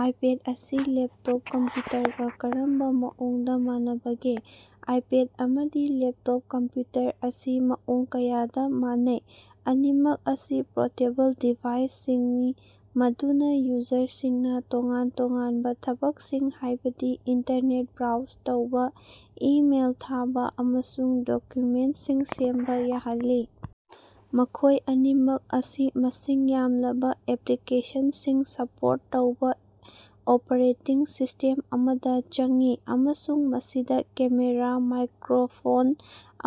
IPad ꯑꯁꯤ laptop ꯀꯝꯄ꯭ꯌꯨꯇꯔꯒ ꯀꯔꯝꯕ ꯃꯑꯣꯡꯗ ꯃꯥꯟꯅꯕꯒꯦ? ꯑꯥꯏꯄꯦꯗ ꯑꯃꯗꯤ ꯂꯦꯞꯇꯣꯞ ꯀꯝꯄ꯭ꯌꯨꯇꯔ ꯑꯁꯤ ꯃꯑꯣꯡ ꯀꯌꯥꯗ ꯃꯥꯟꯅꯩ꯫ ꯑꯅꯤꯃꯛ ꯑꯁꯤ ꯄꯣꯔꯇꯦꯕꯜ ꯗꯤꯚꯥꯏꯁꯁꯤꯡꯅꯤ ꯃꯗꯨꯅ ꯌꯨꯖꯔꯁꯤꯡꯅ ꯇꯣꯉꯥꯟ-ꯇꯣꯉꯥꯟꯕ ꯊꯕꯛꯁꯤꯡ, ꯍꯥꯏꯕꯗꯤ ꯏꯟꯇꯔꯅꯦꯠ ꯕ꯭ꯔꯥꯎꯖ ꯇꯧꯕ, ꯏꯃꯦꯏꯜ ꯊꯥꯕ, ꯑꯃꯁꯨꯡ ꯗꯣꯀ꯭ꯌꯨꯃꯦꯟꯠꯁꯤꯡ ꯁꯦꯝꯕ ꯌꯥꯍꯜꯂꯤ꯫ ꯃꯈꯣꯏ ꯑꯅꯤꯃꯛ ꯑꯁꯤ ꯃꯁꯤꯡ ꯌꯥꯝꯂꯕ ꯑꯦꯄ꯭ꯂꯤꯀꯦꯁꯟꯁꯤꯡ ꯁꯄꯣꯔꯠ ꯇꯧꯕ ꯑꯣꯄꯔꯦꯇꯤꯡ ꯁꯤꯁ꯭ꯇꯦꯝ ꯑꯃꯗ ꯆꯪꯏ, ꯑꯃꯁꯨꯡ ꯃꯁꯤꯗ ꯀꯦꯃꯦꯔꯥ, ꯃꯥꯏꯀ꯭ꯔꯣꯐꯣꯟ,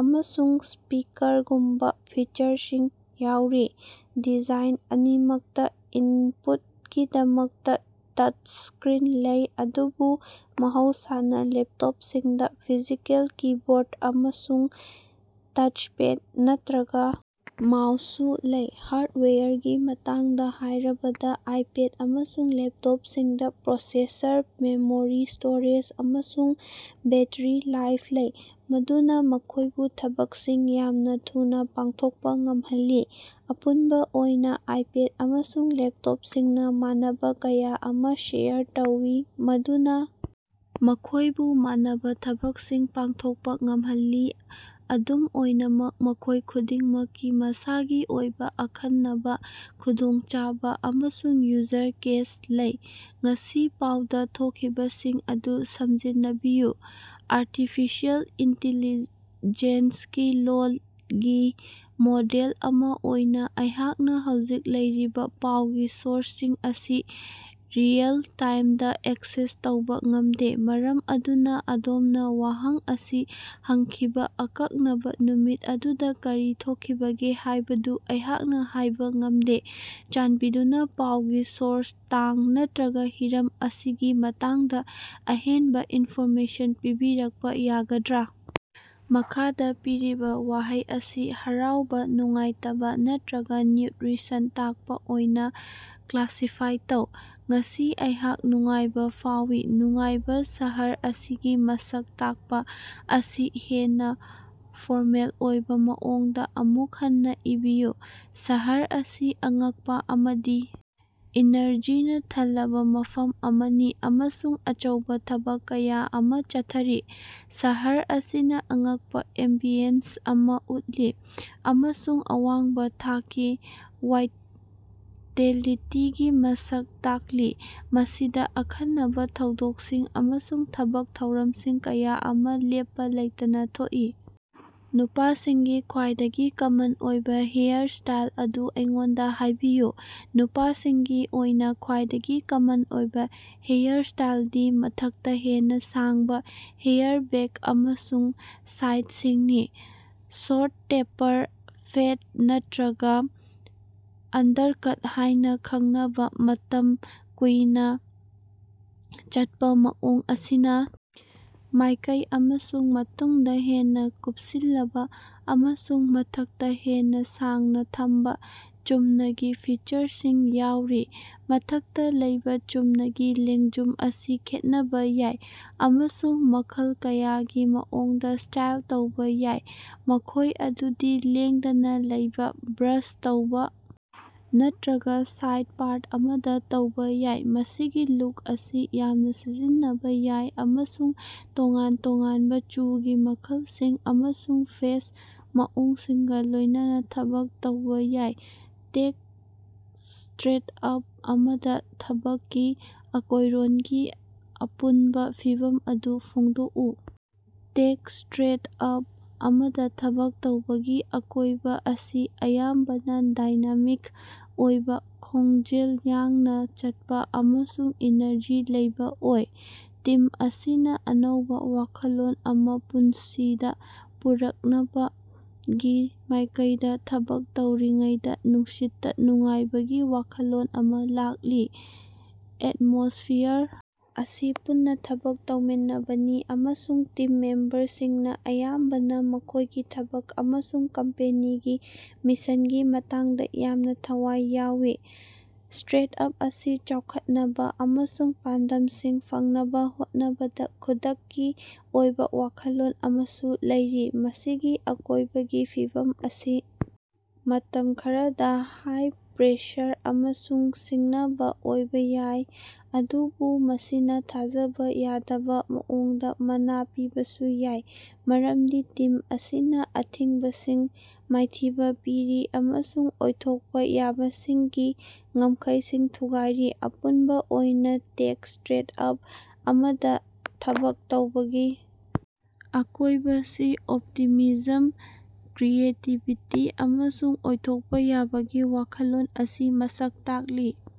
ꯑꯃꯁꯨꯡ ꯁ꯭ꯄꯤꯀꯔꯒꯨꯝꯕ ꯐꯤꯆꯔꯁꯤꯡ ꯌꯥꯎꯔꯤ꯫ ꯗꯤꯚꯥꯏꯁ ꯑꯅꯤꯃꯛꯇ ꯏꯟꯄꯨꯠꯀꯤꯗꯃꯛꯇ ꯇꯆꯁꯀ꯭ꯔꯤꯟ ꯂꯩ, ꯑꯗꯨꯕꯨ ꯃꯍꯧꯁꯥꯅ ꯂꯦꯞꯇꯣꯞꯁꯤꯡꯗ ꯐꯤꯖꯤꯀꯦꯜ ꯀꯤꯕꯣꯔꯗ ꯑꯃꯁꯨꯡ ꯇꯆꯄꯦꯗ ꯅꯠꯇ꯭ꯔꯒ ꯃꯥꯎꯁꯁꯨ ꯂꯩ꯫ ꯍꯥꯔꯗꯋꯦꯌꯔꯒꯤ ꯃꯇꯥꯡꯗ ꯍꯥꯏꯔꯕꯗ, ꯑꯥꯏꯄꯦꯗ ꯑꯃꯁꯨꯡ ꯂꯦꯞꯇꯣꯞꯁꯤꯡꯗ ꯄ꯭ꯔꯣꯁꯦꯁꯔ, ꯃꯦꯃꯣꯔꯤ ꯁ꯭ꯇꯣꯔꯦꯖ, ꯑꯃꯁꯨꯡ ꯕꯦꯠꯇꯔꯤ ꯂꯥꯏꯐ ꯂꯩ ꯃꯗꯨꯅ ꯃꯈꯣꯏꯕꯨ ꯊꯕꯛꯁꯤꯡ ꯌꯥꯝꯅ ꯊꯨꯅ ꯄꯥꯡꯊꯣꯛꯄ ꯉꯝꯍꯜꯂꯤ꯫ ꯑꯄꯨꯟꯕ ꯑꯣꯏꯅ ꯑꯥꯏꯄꯦꯗ ꯑꯃꯁꯨꯡ ꯂꯦꯞꯇꯣꯞꯁꯤꯡꯅ ꯃꯥꯟꯅꯕ ꯀꯌꯥ ꯑꯃ ꯁꯦꯌꯔ ꯇꯧꯏ ꯃꯗꯨꯅ ꯃꯈꯣꯏꯕꯨ ꯃꯥꯟꯅꯕ ꯊꯕꯛꯁꯤꯡ ꯄꯥꯡꯊꯣꯛꯄ ꯉꯝꯍꯜꯂꯤ, ꯑꯗꯨꯝ ꯑꯣꯏꯅꯃꯛ ꯃꯈꯣꯏ ꯈꯨꯗꯤꯡꯃꯛꯀꯤ ꯃꯁꯥꯒꯤ ꯑꯣꯏꯕ ꯑꯈꯟꯅꯕ ꯈꯨꯗꯣꯡꯆꯥꯕ ꯑꯃꯁꯨꯡ ꯌꯨꯖꯔ ꯀꯦꯁ ꯂꯩ꯫ ꯉꯁꯤ ꯄꯥꯎꯗ ꯊꯣꯛꯈꯤꯕꯁꯤꯡ ꯑꯗꯨ ꯁꯝꯖꯤꯟꯅꯕꯤꯌꯨ꯫ ꯑꯥꯔꯇꯤꯐꯤꯁꯦꯜ ꯏꯟꯇꯤꯂꯤꯖꯦꯟꯠ ꯒꯤ ꯂꯣꯜꯒꯤ ꯃꯣꯗꯦꯜ ꯑꯃ ꯑꯣꯏꯅ ꯑꯩꯍꯥꯛꯅ ꯍꯧꯖꯤꯛ ꯂꯩꯔꯤꯕ ꯄꯥꯎꯒꯤ ꯁꯣꯔꯁꯁꯤꯡ ꯑꯁꯤ ꯔꯤꯑꯦꯜ-ꯇꯥꯏꯝꯗ ꯑꯦꯛꯁꯦꯁ ꯇꯧꯕ ꯉꯝꯗꯦ, ꯃꯔꯝ ꯑꯗꯨꯅ ꯑꯗꯣꯝꯅ ꯋꯥꯍꯪ ꯑꯁꯤ ꯍꯪꯈꯤꯕ ꯑꯀꯛꯅꯕ ꯅꯨꯃꯤꯠ ꯑꯗꯨꯗ ꯀꯔꯤ ꯊꯣꯛꯈꯤꯕꯒꯦ ꯍꯥꯏꯕꯗꯨ ꯑꯩꯍꯥꯛꯅ ꯍꯥꯏꯕ ꯉꯝꯗꯦ꯫ ꯆꯥꯟꯕꯤꯗꯨꯅ ꯄꯥꯎꯒꯤ ꯁꯣꯔꯁ, ꯇꯥꯡ ꯅꯠꯇ꯭ꯔꯒ ꯍꯤꯔꯝ ꯑꯁꯤꯒꯤ ꯃꯇꯥꯡꯗ ꯑꯍꯦꯟꯕ ꯏꯟꯐꯣꯔꯃꯦꯁꯟ ꯄꯤꯕꯤꯔꯛꯄ ꯌꯥꯒꯗ꯭ꯔꯥ? ꯃꯈꯥꯗ ꯄꯤꯔꯤꯕ ꯋꯥꯍꯩ ꯑꯁꯤ ꯍꯔꯥꯎꯕ, ꯅꯨꯡꯉꯥꯏꯇꯕ ꯅꯠꯇ꯭ꯔꯒ ꯅ꯭ꯌꯨꯠꯔꯤꯁꯟ ꯇꯥꯛꯄ ꯑꯣꯏꯅ ꯀ꯭ꯂꯥꯁꯤꯐꯥꯏ ꯇꯧ꯫ ꯉꯁꯤ ꯑꯩꯍꯥꯛ ꯅꯨꯡꯉꯥꯏꯕ ꯐꯥꯎꯏ꯫ ꯅꯨꯡꯉꯥꯏꯕ ꯁꯍꯔ ꯑꯁꯤꯒꯤ ꯃꯁꯛ ꯇꯥꯛꯄ ꯑꯁꯤ ꯍꯦꯟꯅ ꯐꯣꯔꯃꯦꯜ ꯑꯣꯏꯕ ꯃꯑꯣꯡꯗ ꯑꯃꯨꯛ ꯍꯟꯅ ꯏꯕꯤꯌꯨ꯫ ꯁꯍꯔ ꯑꯁꯤ ꯑꯉꯛꯄ ꯑꯃꯗꯤ ꯏꯅꯔꯖꯤꯅ ꯊꯜꯂꯕ ꯃꯐꯝ ꯑꯃꯅꯤ ꯑꯃꯁꯨꯡ ꯑꯆꯧꯕ ꯊꯕꯛ ꯀꯌꯥ ꯑꯃ ꯆꯠꯊꯔꯤ꯫ ꯁꯍꯔ ꯑꯁꯤꯅ ꯑꯉꯛꯄ ꯑꯦꯝꯕꯤꯌꯟꯁ ꯑꯃ ꯎꯠꯂꯤ ꯑꯃꯁꯨꯡ ꯑꯋꯥꯡꯕ ꯊꯥꯛꯀꯤ ꯋꯥꯏꯇꯦꯂꯤꯇꯤꯒꯤ ꯃꯁꯛ ꯇꯥꯛꯂꯤ, ꯃꯁꯤꯗ ꯑꯈꯟꯅꯕ ꯊꯧꯗꯣꯛꯁꯤꯡ ꯑꯃꯁꯨꯡ ꯊꯕꯛ ꯊꯧꯔꯝꯁꯤꯡ ꯀꯌꯥ ꯑꯃ ꯂꯦꯞꯄ ꯂꯩꯇꯅ ꯊꯣꯛꯏ꯫ ꯅꯨꯄꯥꯁꯤꯡꯒꯤ ꯈ꯭ꯋꯥꯏꯗꯒꯤ ꯀꯃꯟ ꯑꯣꯏꯕ ꯍꯦꯌꯔꯁ꯭ꯇꯥꯏꯜ ꯑꯗꯨ ꯑꯩꯉꯣꯟꯗ ꯍꯥꯏꯕꯤꯌꯨ꯫ ꯅꯨꯄꯥꯁꯤꯡꯒꯤ ꯑꯣꯏꯅ ꯈ꯭ꯋꯥꯏꯗꯒꯤ ꯀꯃꯟ ꯑꯣꯏꯕ ꯍꯦꯌꯔꯁ꯭ꯇꯥꯏꯜꯗꯤ ꯃꯊꯛꯇ ꯍꯦꯟꯅ ꯁꯥꯡꯕ ꯍꯦꯌꯔ ꯕꯦꯛ ꯑꯃꯁꯨꯡ ꯁꯥꯏꯗꯁꯤꯡꯅꯤ꯫ ꯁꯣꯔꯠ ꯇꯦꯄꯔ, ꯐꯦꯗ ꯅꯠꯇ꯭ꯔꯒ ꯑꯟꯗꯔꯀꯠ ꯍꯥꯏꯅ ꯈꯪꯅꯕ ꯃꯇꯝ ꯀꯨꯏꯅ ꯆꯠꯄ ꯃꯑꯣꯡ ꯑꯁꯤꯅ ꯃꯥꯏꯀꯩ ꯑꯃꯁꯨꯡ ꯃꯇꯨꯡꯗ ꯍꯦꯟꯅ ꯀꯨꯞꯁꯤꯜꯂꯕ ꯑꯃꯁꯨꯡ ꯃꯊꯛꯇ ꯍꯦꯟꯅ ꯁꯥꯡꯅ ꯊꯝꯕ ꯆꯨꯝꯅꯒꯤ ꯐꯤꯆꯔꯁꯤꯡ ꯌꯥꯎꯔꯤ꯫ ꯃꯊꯛꯇ ꯂꯩꯕ ꯆꯨꯝꯅꯒꯤ ꯂꯦꯡꯖꯨꯝ ꯑꯁꯤ ꯈꯦꯠꯅꯕ ꯌꯥꯏ, ꯑꯃꯁꯨꯡ ꯃꯈꯜ ꯀꯌꯥꯒꯤ ꯃꯑꯣꯡꯗ ꯁ꯭ꯇꯥꯏꯜ ꯇꯧꯕ ꯌꯥꯏ, ꯃꯈꯣꯏ ꯑꯗꯨꯗꯤ ꯂꯦꯡꯗꯅ ꯂꯩꯕ, ꯕ꯭ꯔꯁ ꯇꯧꯕ ꯅꯠꯇ꯭ꯔꯒ ꯁꯥꯏꯗ ꯄꯥꯔꯠ ꯑꯃꯗ ꯇꯧꯕ ꯌꯥꯏ꯫ ꯃꯁꯤꯒꯤ ꯂꯨꯛ ꯑꯁꯤ ꯌꯥꯝꯅ ꯁꯤꯖꯤꯟꯅꯕ ꯌꯥꯏ ꯑꯃꯁꯨꯡ ꯇꯣꯉꯥꯟ ꯇꯣꯉꯥꯟꯕ ꯆꯨꯒꯤ ꯃꯈꯜꯁꯤꯡ ꯑꯃꯁꯨꯡ ꯐꯦꯁ ꯃꯑꯣꯡꯁꯤꯡꯒ ꯂꯣꯏꯅꯅ ꯊꯕꯛ ꯇꯧꯕ ꯌꯥꯏ꯫ ꯇꯦꯛ ꯁ꯭ꯇꯥꯔꯠꯑꯞ ꯑꯃꯗ ꯊꯕꯛꯀꯤ ꯑꯀꯣꯏꯔꯣꯟꯒꯤ ꯑꯄꯨꯅꯕ ꯐꯤꯚꯝ ꯑꯗꯨ ꯐꯣꯡꯗꯣꯛꯎ꯫ ꯇꯦꯛ ꯁ꯭ꯇꯥꯔꯠꯑꯞ ꯑꯃꯗ ꯊꯕꯛ ꯇꯧꯕꯒꯤ ꯑꯀꯣꯏꯕ ꯑꯁꯤ ꯑꯌꯥꯝꯕꯅ ꯗꯥꯏꯅꯥꯃꯤꯛ ꯑꯣꯏꯕ, ꯈꯣꯡꯖꯦꯜ ꯌꯥꯡꯅ ꯆꯠꯄ ꯑꯃꯁꯨꯡ ꯏꯅꯔꯖꯤ ꯂꯩꯕ ꯑꯣꯏ꯫ ꯇꯤꯝ ꯑꯁꯤꯅ ꯑꯅꯧꯕ ꯋꯥꯈꯜꯂꯣꯟ ꯑꯃ ꯄꯨꯟꯁꯤꯗ ꯄꯨꯔꯛꯅꯕꯒꯤ ꯃꯥꯏꯀꯩꯗ ꯊꯕꯛ ꯇꯧꯔꯤꯉꯩꯗ ꯅꯨꯡꯁꯤꯠꯇ ꯅꯨꯡꯉꯥꯏꯕꯒꯤ ꯋꯥꯈꯜꯂꯣꯟ ꯑꯃ ꯂꯥꯛꯂꯤ꯫ ꯑꯦꯠꯃꯣꯁ꯭ꯐꯤꯌꯔ ꯑꯁꯤ ꯄꯨꯟꯅ ꯊꯕꯛ ꯇꯧꯃꯤꯟꯅꯕꯅꯤ ꯑꯃꯁꯨꯡ ꯇꯤꯝ ꯃꯦꯝꯕꯔꯁꯤꯡꯅ ꯑꯌꯥꯝꯕꯅ ꯃꯈꯣꯏꯒꯤ ꯊꯕꯛ ꯑꯃꯁꯨꯡ ꯀꯝꯄꯦꯅꯤꯒꯤ ꯃꯤꯁꯟꯒꯤ ꯃꯇꯥꯡꯗ ꯌꯥꯝꯅ ꯊꯋꯥꯏ ꯌꯥꯎꯏ꯫ ꯁ꯭ꯇꯥꯔꯠꯑꯞ ꯑꯁꯤꯅ ꯆꯥꯎꯈꯠꯅꯕ ꯑꯃꯁꯨꯡ ꯄꯥꯟꯗꯝꯁꯤꯡ ꯐꯪꯅꯕ ꯍꯣꯠꯅꯕꯗ ꯈꯨꯗꯛꯀꯤ ꯑꯣꯏꯕ ꯋꯥꯈꯜꯂꯣꯟ ꯑꯃꯁꯨ ꯂꯩꯔꯤ꯫ ꯃꯁꯤꯒꯤ ꯑꯀꯣꯏꯕꯒꯤ ꯐꯤꯕꯝ ꯑꯁꯤ ꯃꯇꯝ ꯈꯔꯗ ꯍꯥꯏ-ꯄ꯭ꯔꯦꯁꯔ ꯑꯃꯁꯨꯡ ꯁꯤꯡꯅꯕ ꯑꯣꯏꯕ ꯌꯥꯏ, ꯑꯗꯨꯕꯨ ꯃꯁꯤꯅ ꯊꯥꯖꯕ ꯌꯥꯗꯕ ꯃꯑꯣꯡꯗ ꯃꯅꯥ ꯄꯤꯕꯁꯨ ꯌꯥꯏ ꯃꯔꯝꯗꯤ ꯇꯤꯝ ꯑꯁꯤꯅ ꯑꯊꯤꯡꯕꯁꯤꯡ ꯃꯥꯏꯊꯤꯕ ꯄꯤꯔꯤ ꯑꯃꯁꯨꯡ ꯑꯣꯏꯊꯣꯛꯄ ꯌꯥꯕꯁꯤꯡꯒꯤ ꯉꯝꯈꯩꯁꯤꯡ ꯊꯨꯒꯥꯏꯔꯤ꯫ ꯑꯄꯨꯟꯕ ꯑꯣꯏꯅ ꯇꯦꯛ ꯁ꯭ꯇꯥꯔꯠꯑꯞ ꯑꯃꯗ ꯊꯕꯛ ꯇꯧꯕꯒꯤ ꯑꯀꯣꯏꯕꯁꯤ ꯑꯣꯞꯇꯤꯃꯤꯖꯝ, ꯀ꯭ꯔꯤꯌꯦꯇꯤꯕꯤꯇꯤ ꯑꯃꯁꯨꯡ ꯑꯣꯏꯊꯣꯛꯄ ꯌꯥꯕꯒꯤ ꯋꯥꯈꯜꯂꯣꯟ ꯑꯁꯤꯅ ꯃꯁꯛ ꯇꯥꯛꯂꯤ꯫